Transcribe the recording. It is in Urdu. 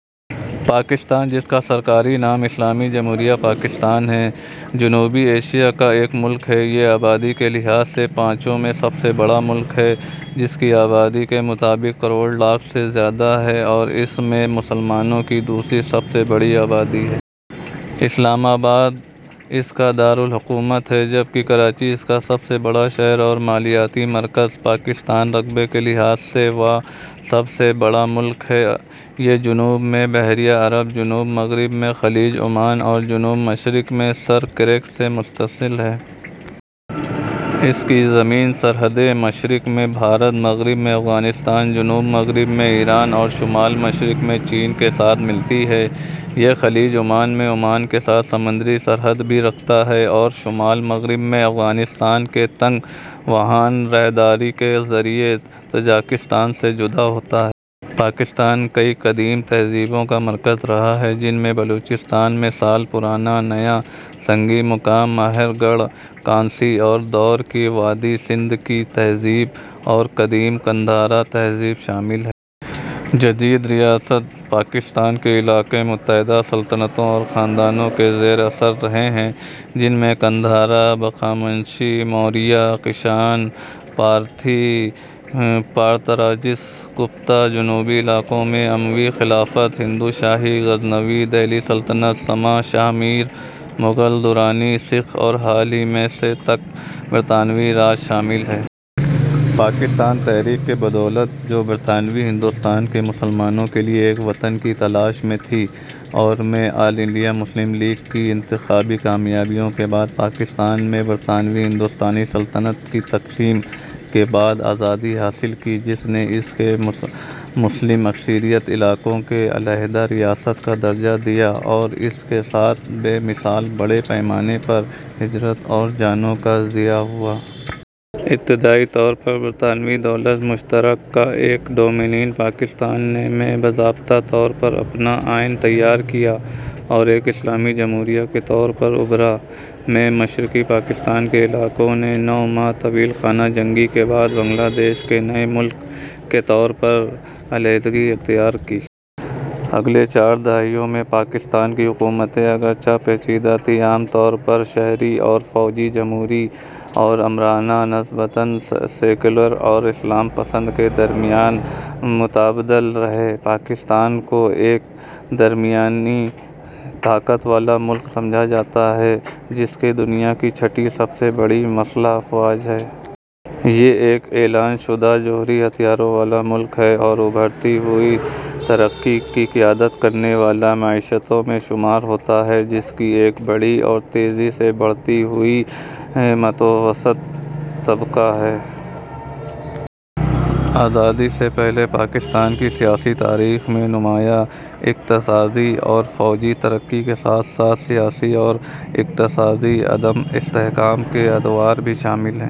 پاکستان ، جس کا سرکاری نام اسلامی جمہوریہ پاکستان ہے، جنوبی ایشیا کا ایک ملک ہے۔ یہ آبادی کے لحاظ سے پانچواں سب سے بڑا ملک ہے، جس کی آبادی کے مطابق کروڑ لاکھ سے زیادہ ہے، ٹ اور اس میں مسلمانوں کی دوسری سب سے بڑی آبادی ہے۔ اسلام آباد اس کا دار الحکومت ہے، جبکہ کراچی اس کا سب سے بڑا شہر اور مالیاتی مرکز ہے۔ پاکستان رقبے کے لحاظ سے واں سب سے بڑا ملک ہے۔ یہ جنوب میں بحیرہ عرب ، جنوب مغرب میں خلیج عمان اور جنوب مشرق میں سر کریک سے متصل ہے۔ اس کی زمینی سرحدیں مشرق میں بھارت ، مغرب میں افغانستان ، جنوب مغرب میں ایران اور شمال مشرق میں چین کے ساتھ ملتی ہیں۔ یہ خلیج عمان میں عمان کے ساتھ سمندری سرحد بھی رکھتا ہے اور شمال مغرب میں افغانستان کے تنگ واخان راہداری کے ذریعے تاجکستان سے جدا ہوتا ہے۔ پاکستان کئیی قدیم تہذیبوں کا مرکز رہا ہے، جن میں بلوچستان میں سال پرانا نیا سنگی مقام مہرگڑھ ، کانسی کے دور کی وادی سندھ کی تہذیب ، اور قدیم گندھارا تہذیب شامل ہیں۔ جدید ریاست پاکستان کے علاقے متعدد سلطنتوں اور خاندانوں کے زیر اثر رہے ہیں، جن میں گندھارا ، ہخامنشی ، موریہ ، کشان ، پارتھی ، پارتراجس ، گپتا ؛ جنوبی علاقوں میں اموی خلافت ، ہندو شاہی ، غزنوی ، دہلی سلطنت ، سما ، شاہ میر ، مغل ، درانی ، سکھ اور حال ہی میں سے تک برطانوی راج شامل ہیں۔ پاکستان تحریک کی بدولت، جو برطانوی ہندوستان کے مسلمانوں کے لیے ایک وطن کی تلاش میں تھی اور میں آل انڈیا مسلم لیگ کی انتخابی کامیابیوں کے بعد، پاکستان نے میں برطانوی ہندوستانی سلطنت کی تقسیم کے بعد آزادی حاصل کی، جس نے اس کے مسلم اکثریتی علاقوں کو علاحدہ ریاست کا درجہ دیا اور اس کے ساتھ بے مثال بڑے پیمانے پر ہجرت اور جانوں کا ضیاع ہوا۔ ابتدائی طور پر برطانوی دولت مشترکہ کا ایک ڈومینین ، پاکستان نے میں باضابطہ طور پر اپنا آئین تیار کیا اور ایک اسلامی جمہوریہ کے طور پر ابھرا۔ میں، مشرقی پاکستان کے علاقے نے نو ماہ طویل خانہ جنگی کے بعد بنگلہ دیش کے نئے ملک کے طور پر علیحدگی اختیار کی۔ اگلے چار دہائیوں میں، پاکستان کی حکومتیں، اگرچہ پیچیدہ تھیں، عام طور پر شہری اور فوجی، جمہوری اور آمرانہ، نسبتاً سیکولر اور اسلام پسند کے درمیان متبادل رہیں۔ پاکستان کو ایک درمیانی طاقت والا ملک سمجھا جاتا ہے، ث جس کی دنیا کی چھٹی سب سے بڑی مسلح افواہج ہیں۔ یہ ایک اعلان شدہ جوہری ہتھیاروں والا ملک ہے اور ابھرتی ہوئی اور ترقی کی قیادت کرنے والی معیشتوں میں شمار ہوتا ہے، جس کی ایک بڑی اور تیزی سے بڑھتی ہوئی متوسط طبقہ ہے۔ آزادی کے بعد سے پاکستان کی سیاسی تاریخ میں نمایاں اقتصادی اور فوجی ترقی کے ساتھ ساتھ سیاسی اور اقتصادی عدم استحکام کے ادوار بھی شامل ہیں۔